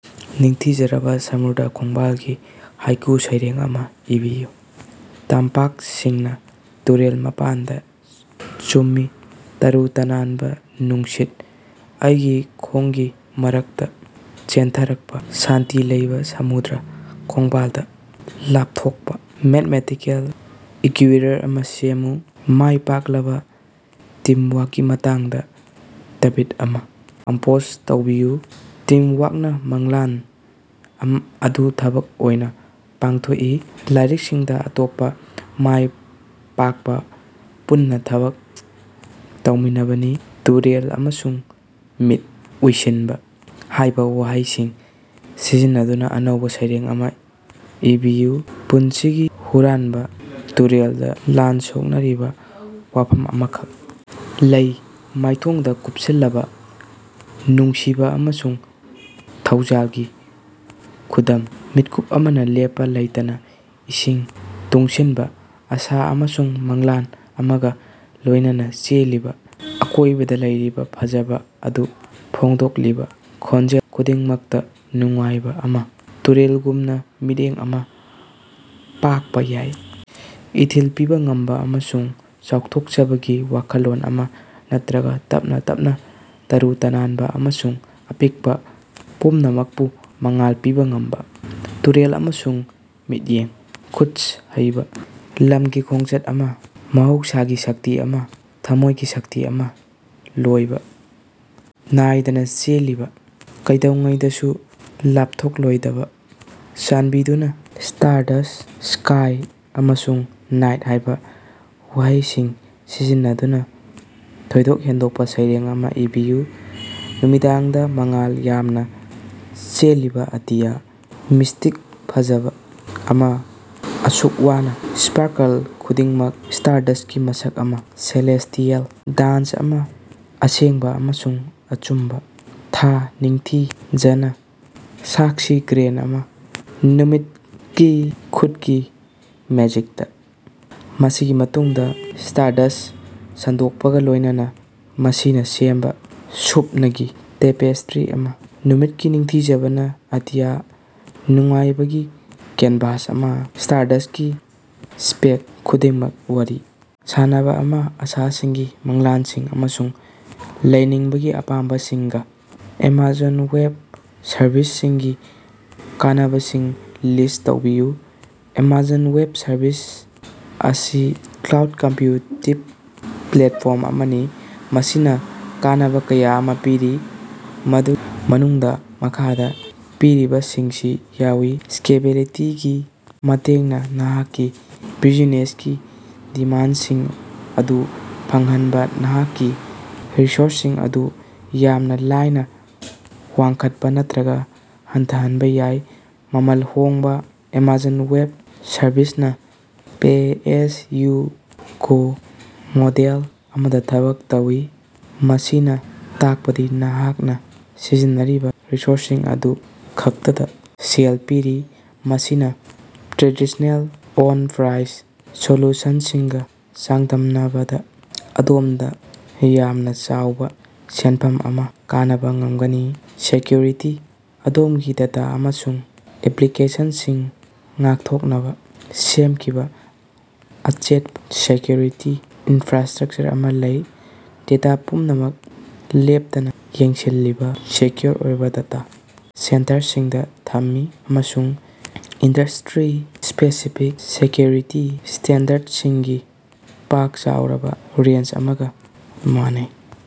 ꯅꯤꯡꯊꯤꯖꯔꯕ ꯁꯃꯨꯗ꯭ꯔ ꯈꯣꯡꯕꯥꯜꯒꯤ ꯍꯥꯏꯀꯨ ꯁꯩꯔꯦꯡ ꯑꯃ ꯏꯕꯤꯌꯨ꯫ ꯇꯝꯄꯥꯛꯁꯤꯡꯅ ꯇꯨꯔꯦꯜ ꯃꯄꯥꯟꯗ ꯆꯨꯝꯃꯤ ꯇꯔꯨ ꯇꯅꯥꯟꯕ ꯅꯨꯡꯁꯤꯠ, ꯑꯩꯒꯤ ꯈꯣꯡꯒꯤ ꯃꯔꯛꯇ ꯆꯦꯟꯊꯔꯛꯄ ꯁꯥꯟꯇꯤ ꯂꯩꯕ ꯁꯃꯨꯗ꯭ꯔ ꯈꯣꯡꯕꯥꯜꯗ ꯂꯥꯞꯊꯣꯛꯄ꯫ ꯃꯦꯊꯃꯦꯇꯤꯀꯦꯜ ꯏꯀ꯭ꯌꯨꯏꯌꯔ ꯑꯃ ꯁꯦꯝꯃꯨ꯫ ꯃꯥꯏ ꯄꯥꯛꯂꯕ ꯇꯤꯝꯋꯥꯔꯛꯀꯤ ꯃꯇꯥꯡꯗ ꯇ꯭ꯕꯤꯠ ꯑꯃ ꯀꯝꯄꯣꯖ ꯇꯧꯕꯤꯌꯨ꯫ ꯇꯤꯝꯋꯥꯔꯛꯅ ꯃꯪꯂꯥꯟ ꯑꯗꯨ ꯊꯕꯛ ꯑꯣꯏꯅ ꯄꯥꯡꯊꯣꯛꯏ꫰ ꯂꯥꯏꯔꯤꯛꯁꯤꯡꯗ ꯑꯇꯣꯞꯄ ꯃꯥꯏ ꯄꯥꯛꯄ ꯄꯨꯟꯅ ꯊꯕꯛ ꯇꯧꯃꯤꯟꯅꯕꯅꯤ꯫ "ꯇꯨꯔꯦꯜ" ꯑꯃꯁꯨꯡ "ꯃꯤꯠ ꯎꯏꯁꯤꯟꯕ" ꯍꯥꯏꯕ ꯋꯥꯍꯩꯁꯤꯡ ꯁꯤꯖꯤꯟꯅꯗꯨꯅ ꯑꯅꯧꯕ ꯁꯩꯔꯦꯡ ꯑꯃ ꯏꯕꯤꯌꯨ꯫ ꯄꯨꯟꯁꯤꯒꯤ ꯍꯨꯔꯥꯟꯕ ꯇꯨꯔꯦꯜꯗ, ꯂꯥꯟ ꯁꯣꯛꯅꯔꯤꯕ ꯋꯥꯐꯝ ꯑꯃꯈꯛ ꯂꯩ, ꯃꯥꯏꯊꯣꯡꯗ ꯀꯨꯞꯁꯤꯜꯂꯕ, ꯅꯨꯡꯁꯤꯕ ꯑꯃꯁꯨꯡ ꯊꯧꯖꯥꯜꯒꯤ ꯈꯨꯗꯝ꯫ ꯃꯤꯠꯀꯨꯞ ꯑꯃꯅ ꯂꯦꯞꯄ ꯂꯩꯇꯅ ꯏꯁꯤꯡ ꯇꯨꯡꯁꯤꯟꯕ, ꯑꯁꯥ ꯑꯃꯁꯨꯡ ꯃꯪꯂꯥꯟ ꯑꯃꯒ ꯂꯣꯏꯅꯅ ꯆꯦꯜꯂꯤꯕ, ꯑꯀꯣꯏꯕꯗ ꯂꯩꯔꯤꯕ ꯐꯖꯕ ꯑꯗꯨ ꯐꯣꯡꯗꯣꯛꯂꯤꯕ, ꯈꯣꯟꯖꯦꯜ ꯈꯨꯗꯤꯡꯃꯛꯇ ꯅꯨꯡꯉꯥꯏꯕ ꯑꯃ꯫ ꯇꯨꯔꯦꯜꯒꯨꯝꯅ, ꯃꯤꯠꯌꯦꯡ ꯑꯃ ꯄꯥꯛꯄ ꯌꯥꯏ, ꯏꯊꯤꯜ ꯄꯤꯕ ꯉꯝꯕ ꯑꯃꯁꯨꯡ ꯆꯥꯎꯊꯣꯛꯆꯕꯒꯤ ꯋꯥꯈꯜꯂꯣꯟ ꯑꯃ, ꯅꯠꯇ꯭ꯔꯒ ꯇꯞꯅ ꯇꯞꯅ, ꯇꯔꯨ ꯇꯅꯥꯟꯕ ꯑꯃꯁꯨꯡ ꯑꯄꯤꯛꯄ, ꯄꯨꯝꯅꯃꯛꯄꯨ ꯃꯉꯥꯜ ꯄꯤꯕ ꯉꯝꯕ꯫ ꯇꯨꯔꯦꯜ ꯑꯃꯁꯨꯡ ꯃꯤꯠꯌꯦꯡ, ꯈꯨꯠꯁ ꯍꯩꯕ, ꯂꯝꯒꯤ ꯈꯣꯡꯆꯠ ꯑꯃ, ꯃꯍꯧꯁꯥꯒꯤ ꯁꯛꯇꯤ ꯑꯃ, ꯊꯝꯃꯣꯏꯒꯤ ꯁꯛꯇꯤ ꯑꯃ, ꯂꯣꯏꯕ ꯅꯥꯏꯗꯅ ꯆꯦꯜꯂꯤꯕ, ꯀꯩꯗꯧꯉꯩꯗꯁꯨ ꯂꯥꯞꯊꯣꯛꯂꯣꯏꯗꯕ꯫ ꯆꯥꯟꯕꯤꯗꯨꯅ 'ꯁ꯭ꯇꯥꯔꯗꯁ꯭ꯠ', 'ꯁ꯭ꯀꯥꯏ', ꯑꯃꯁꯨꯡ 'ꯅꯥꯏꯠ' ꯍꯥꯏꯕ ꯋꯥꯍꯩꯁꯤꯡ ꯁꯤꯖꯤꯟꯅꯗꯨꯅ ꯊꯣꯏꯗꯣꯛ ꯍꯦꯟꯗꯣꯛꯄ ꯁꯩꯔꯦꯡ ꯑꯃ ꯏꯕꯤꯌꯨ꯫ ꯅꯨꯃꯤꯗꯥꯡꯗ, ꯃꯉꯥꯜ ꯌꯥꯝꯅ ꯆꯦꯜꯂꯤꯕ ꯑꯇꯤꯌ, ꯃꯤꯁꯇꯤꯛ ꯐꯖꯕ ꯑꯃ, ꯑꯁꯨꯛ ꯋꯥꯡꯅ꯫ ꯁ꯭ꯄꯥꯔꯀꯜ ꯈꯨꯗꯤꯡꯃꯛ ꯁ꯭ꯇꯥꯔꯗꯁ꯭ꯠꯀꯤ ꯃꯁꯛ ꯑꯃ, ꯁꯦꯂꯦꯁꯇꯤꯑꯦꯜ ꯗꯥꯟꯁ ꯑꯃ, ꯑꯁꯦꯡꯕ ꯑꯃꯁꯨꯡ ꯑꯆꯨꯝꯕ꯫ ꯊꯥ ꯅꯤꯡꯊꯤꯖꯅ, ꯁꯥꯛꯁꯤ ꯒ꯭ꯔꯦꯟꯗ ꯑꯃ, ꯅꯨꯃꯤꯠꯀꯤ ꯈꯨꯠꯀꯤ ꯃꯦꯖꯤꯛꯇ꯫ ꯃꯁꯤꯒꯤ ꯃꯇꯨꯡꯗ ꯁ꯭ꯇꯥꯔꯗꯁ꯭ꯠ ꯁꯟꯗꯣꯛꯄꯒ ꯂꯣꯏꯅꯅ, ꯃꯁꯤꯅ ꯁꯦꯝꯕ ꯁꯨꯞꯅꯒꯤ ꯇꯦꯄꯦꯁꯇ꯭ꯔꯤ ꯑꯃ꯫ ꯅꯨꯃꯤꯠꯀꯤ ꯅꯤꯡꯊꯤꯖꯅ, ꯑꯇꯤꯌꯥ, ꯅꯨꯡꯉꯥꯏꯕꯒꯤ ꯀꯦꯟꯚꯥꯁ ꯑꯃ꯫ ꯁ꯭ꯇꯥꯔꯗꯁ꯭ꯠꯀꯤ ꯁ꯭ꯄꯦꯛ ꯈꯨꯗꯤꯡꯃꯛ, ꯋꯥꯔꯤ ꯁꯥꯅꯕ ꯑꯃ, ꯑꯁꯥꯁꯤꯡꯒꯤ, ꯃꯪꯂꯥꯟꯁꯤꯡ ꯑꯃꯁꯨꯡ ꯂꯩꯅꯤꯡꯕꯒꯤ ꯑꯄꯥꯝꯕꯁꯤꯡꯒꯤ꯫ ꯑꯦꯃꯥꯖꯣꯟ ꯋꯦꯕ ꯁꯔꯚꯤꯁꯁꯤꯡꯒꯤ ꯀꯥꯟꯅꯕꯁꯤꯡ ꯂꯤꯁ ꯇꯧꯕꯤꯌꯨ꯫ ꯑꯦꯃꯥꯖꯣꯟ ꯋꯦꯕ ꯁꯔꯚꯤꯁꯦꯁ ꯑꯁꯤ ꯀ꯭ꯂꯥꯎꯗ ꯀꯝꯄ꯭ꯌꯨꯇꯤꯡ ꯄ꯭ꯂꯦꯠꯐꯣꯔꯝ ꯑꯃꯅꯤ ꯃꯁꯤꯅ ꯀꯥꯟꯅꯕ ꯀꯌꯥ ꯑꯃ ꯄꯤꯔꯤ, ꯃꯗꯨꯒꯤ ꯃꯅꯨꯡꯗ ꯃꯈꯥꯗ ꯄꯤꯔꯤꯕꯁꯤꯡꯁꯤ ꯌꯥꯎꯏ꯫ ꯁ꯭ꯀꯦꯂꯦꯕꯤꯂꯤꯇꯤ ꯒꯤ ꯃꯇꯦꯡꯅ, ꯅꯍꯥꯛꯀꯤ ꯕ꯭ꯌꯨꯖꯤꯅꯦꯁꯀꯤ ꯗꯤꯃꯥꯟꯁꯤꯡ ꯑꯗꯨ ꯐꯪꯍꯟꯅꯕ ꯅꯍꯥꯛꯀꯤ ꯔꯤꯁꯣꯔꯁꯁꯤꯡ ꯑꯗꯨ ꯌꯥꯝꯅ ꯂꯥꯏꯅ ꯋꯥꯡꯈꯠꯄ ꯅꯠꯇ꯭ꯔꯒ ꯍꯟꯊꯍꯟꯕ ꯌꯥꯏ꯫ ꯃꯃꯜ ꯍꯣꯡꯕ: ꯑꯦꯃꯥꯖꯣꯟ ꯋꯦꯕ ꯁꯔꯚꯤꯁꯦꯁ ꯅ ꯄꯦ-ꯑꯦꯖ-ꯌꯨ-ꯒꯣ ꯃꯣꯗꯦꯜ ꯑꯃꯗꯥ ꯊꯕꯛ ꯇꯧꯏ, ꯃꯁꯤꯅꯥ ꯇꯥꯀꯄꯗꯤ ꯅꯍꯥꯛꯅꯥ ꯁꯤꯖꯤꯟꯅꯔꯤꯕꯥ ꯔꯤꯁꯣꯔꯁꯁꯤꯡ ꯑꯗꯨ ꯈꯛꯇꯗꯥ ꯁꯦꯜ ꯄꯤꯔꯤ꯫ ꯃꯁꯤꯅꯥ ꯇ꯭ꯔꯦꯗꯤꯁ꯭ꯅꯦꯜ ꯑꯣꯟ-ꯄ꯭ꯔꯥꯏꯁ ꯁꯣꯂꯨꯁꯅꯁꯤꯡꯒꯥ ꯆꯥꯡꯗꯝꯅꯕꯗꯥ ꯑꯗꯣꯃꯗꯥ ꯌꯥꯝꯅꯥ ꯆꯥꯎꯕꯥ ꯁꯦꯅꯐꯝ ꯑꯃꯥ ꯀꯅꯕꯥ ꯉꯃꯒꯅꯤ꯫ ꯁꯦꯀ꯭ꯌꯨꯔꯤꯇꯤ: ꯑꯗꯣꯝꯒꯤ ꯗꯦꯇꯥ ꯑꯃꯁꯨꯡ ꯑꯦꯄ꯭ꯂꯤꯀꯦꯁꯟꯁꯤꯡ ꯉꯥꯛꯊꯣꯛꯅꯕ ꯁꯦꯝꯈꯤꯕ ꯑꯆꯦꯠꯄ ꯁꯦꯀ꯭ꯌꯨꯔꯤꯇꯤ ꯏꯟꯐ꯭ꯔꯥꯁ꯭ꯇꯔꯛꯆꯔ ꯑꯃ ꯂꯩ꯫ ꯗꯦꯇꯥ ꯄꯨꯝꯅꯃꯛ ꯂꯦꯞꯇꯅ ꯌꯦꯡꯁꯤꯜꯂꯤꯕ ꯁꯦꯀ꯭ꯌꯨꯑꯣꯔ ꯑꯣꯏꯕ ꯗꯦꯇꯥ ꯁꯦꯟꯇꯔꯁꯤꯡꯗ ꯊꯝꯃꯤ, ꯑꯃꯁꯨꯡ ꯏꯟꯗꯁꯇ꯭ꯔꯤ-ꯁ꯭ꯄꯦꯁꯤꯐꯤꯛ ꯁꯦꯀ꯭ꯌꯨꯔꯤꯇꯤ ꯁ꯭ꯇꯦꯟꯗꯔꯗꯁꯤꯡꯒꯤ ꯄꯥꯛ-ꯆꯥꯎꯔꯕ ꯔꯦꯟꯖ ꯑꯃꯒ ꯃꯥꯟꯅꯩ꯫